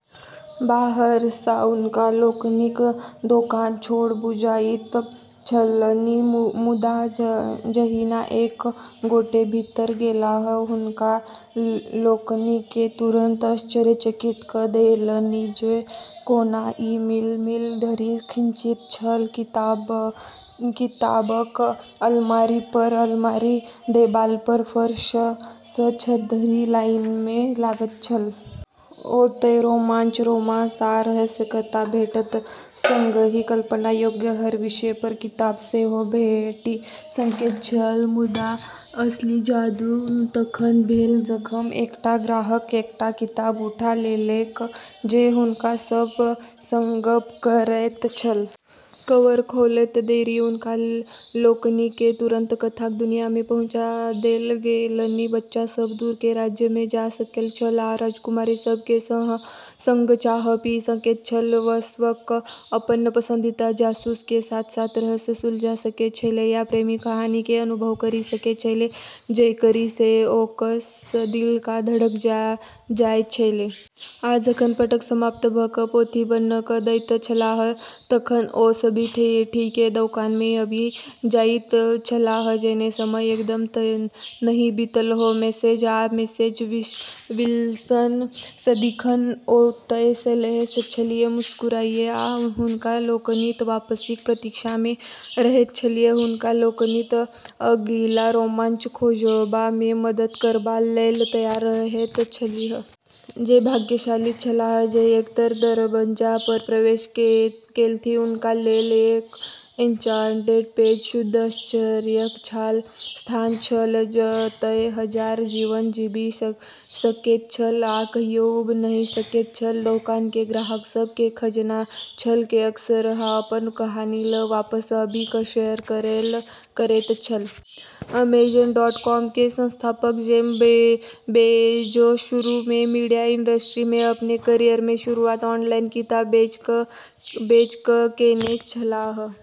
बाहर सँ हुनका लोकनिक दोकान छोट बुझाइत छलनि, मुदा जहिना एक गोटे भीतर गेलाह, हुनका लोकनि केँ तुरन्त आश्चर्यचकित क' देलनि जे कोना ई मील-मील धरि खिंचैत छल. किताबक अलमारी पर अलमारी देबाल पर, फर्श सं छत धरि, लाइन मे लागल छल. ओतय रोमांच, रोमांस, आ रहस्यक कथा भेटत, संगहि कल्पना योग्य हर विषय पर किताब सेहो भेटि सकैत छल. मुदा असली जादू तखन भेल जखन एकटा ग्राहक एकटा किताब उठा लेलक जे हुनका सभ सं गप्प करैत छल. कवर खोलैत देरी हुनका लोकनि केँ तुरन्त कथाक दुनिया मे पहुँचा देल गेलनि। बच्चा सब दूर के राज्य में जा सकैत छल आ राजकुमारी सब के संग चाह पी सकैत छल। वयस्क अपनऽ पसंदीदा जासूस के साथ-साथ रहस्य सुलझा सकै छेलै या प्रेम कहानी के अनुभव करी सकै छेलै जेकरा स॑ ओकरऽ दिल धड़क जाय छेलै। आ जखन पाठक समाप्त भ' क' पोथी बन्न क' दैत छलाह तखन ओ सभ ठीके दोकान मे आबि जाइत छलाह जेना समय एकदम नहि बीतल हो. मिसेज आ मिसेज विल्सन सदिखन ओतय रहैत छलीह, मुस्कुराइत आ हुनका लोकनिक वापसीक प्रतीक्षा मे रहैत छलीह, हुनका लोकनिक अगिला रोमांच खोजबा मे मदद करबाक लेल तैयार रहैत छलीह. जे भाग्यशाली छलाह जे एकर दरबज्जा पर प्रवेश केलथि हुनका लेल "द एन्चान्टेड पेज" शुद्ध आश्चर्यक स्थान छल, जतय हजार जीवन जीबि सकैत छल आ कहियो ऊब नहि सकैत छल दोकान के ग्राहक सब के खजाना छल, जे अक्सरहां अपन कहानी ल क वापस आबि क शेयर करैत छल. अमेजन डॉट कॉम के संस्थापक जेफ बेजोस शुरू में मीडिया इंडस्ट्री में अपन कैरियर के शुरुआत ऑनलाइन किताब बेच क केने छलाह.